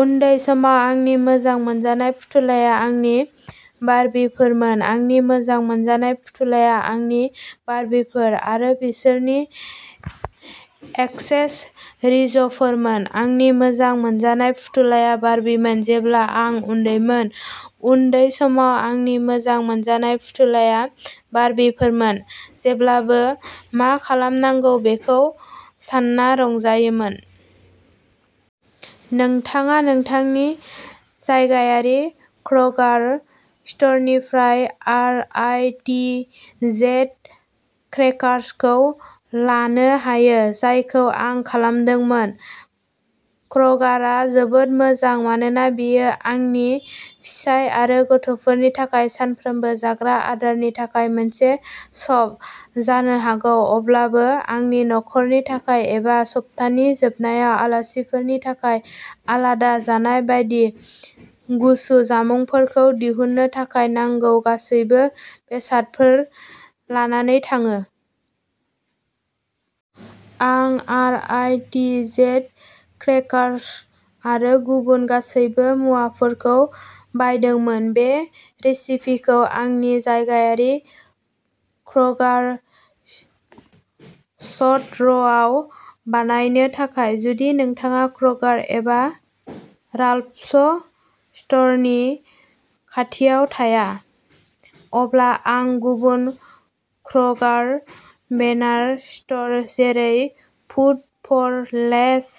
उन्दै समाव आंनि मोजां मोनजानाय फुथुलाया आंनि बार्बीफोरमोन। आंनि मोजां मोनजानाय फुथुलाया आंनि बार्बीफोर आरो बिसोरनि एक्सेसरिजफोरमोन! आंनि मोजां मोनजानाय फुथुलाया बार्बीमोन जेब्ला आं उन्दैमोन। उन्दै समाव आंनि मोजां मोनजानाय फुथुलाया बार्बीफोरमोन। जेब्लाबो मा खालामनांगौ बेखौ सानना रंजानायमोन। नोंथाङा नोंथांनि जायगायारि क्र'गार स्ट'रनिफ्राय आर. आइ. टि. जेड. क्रेकार्सखौ लानो हायो, जायखौ आं खालामदोंमोन। क्र'गारआ जोबोद मोजां मानोना बेयो आंनि फिसाय आरो गथ'फोरनि थाखाय सानफ्रामबो जाग्रा आदारनि थाखाय मोनसे स्टप जानो हागौ, अब्लाबो आंनि नख'रनि थाखाय एबा सप्तानि जोबनायाव आलासिफोरनि थाखाय आलादा जानाय बायदि गुसु जामुंफोरखौ दिहुननो थाखाय नांगौ गासैबो बेसादफोर लानानै थाङो। आं R. I. T. Z. Crackers आरो गुबुन गासैबो मुवाफोरखौ बायदोंमोन बे रेसिपिखौ आंनि जायगायारि क्र'गार स्ट'र आव बानायनो थाखाय। जुदि नोंथाङा क्र'गार एबा राल्फ्स स्ट'रनि खाथियाव थाया, अब्ला आं गुबुन क्र'गार बेनार स्ट'र जेरै फुड फर लेस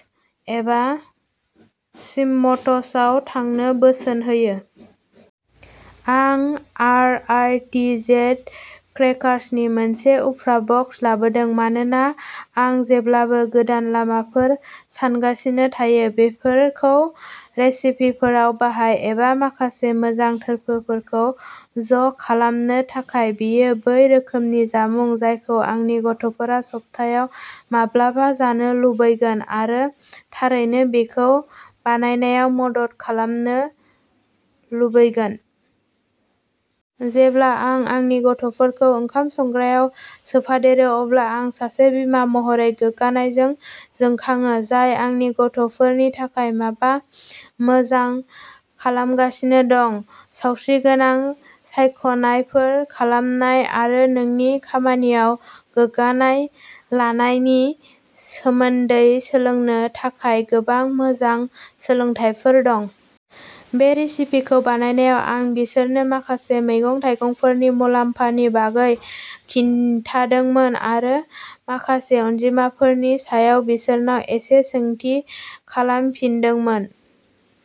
एबा स्मिथ्सआव थांनो बोसोन होयो। आं आर. आइ. टि. जेड. क्रेकार्सनि मोनसे उफ्रा बक्स लादोंमोन मानोना आं जेब्लाबो गोदान लामाफोर सानगासिनो थायो। बेफोरखौ रेसिपिफोराव बाहाय, एबा माखासे मोजां थोरफोफोरखौ ज'खालामनो थाखाय। बेयो बै रोखोमनि जामुं जायखौ आंनि गथ'फोरा सप्तायाव माब्लाबा जानो लुबैगोन, आरो थारैनो बेखौ बानायनायाव मदद खालामनो लुबैगोन। जेब्ला आं आंनि गथ'फोरखौ ओंखाम संग्रायाव सोफादेरो, अब्ला आं सासे बिमा महरै गोग्गानायजों जोंखाङो, जाय आंनि गथ'फोरनि थाखाय माबा मोजां खालामगासिनो दं। सावस्रिगोनां सायख'नायफोर खालामनाय आरो नोंनि खामानियाव गोग्गानाय लानायनि सोमोन्दै सोलोंनो थाखाय गोबां मोजां सोलोंथायफोर दं। बे रेसिपिखौ बानायनायाव आं बिसोरनो माखासे मैगं-थाइगंफोरनि मुलाम्फानि बागै खिन्थादोंमोन, आरो माखासे अनजिमाफोरनि सायाव बिसोरनाव एसे सोंथि खालामफिनदोंमोन।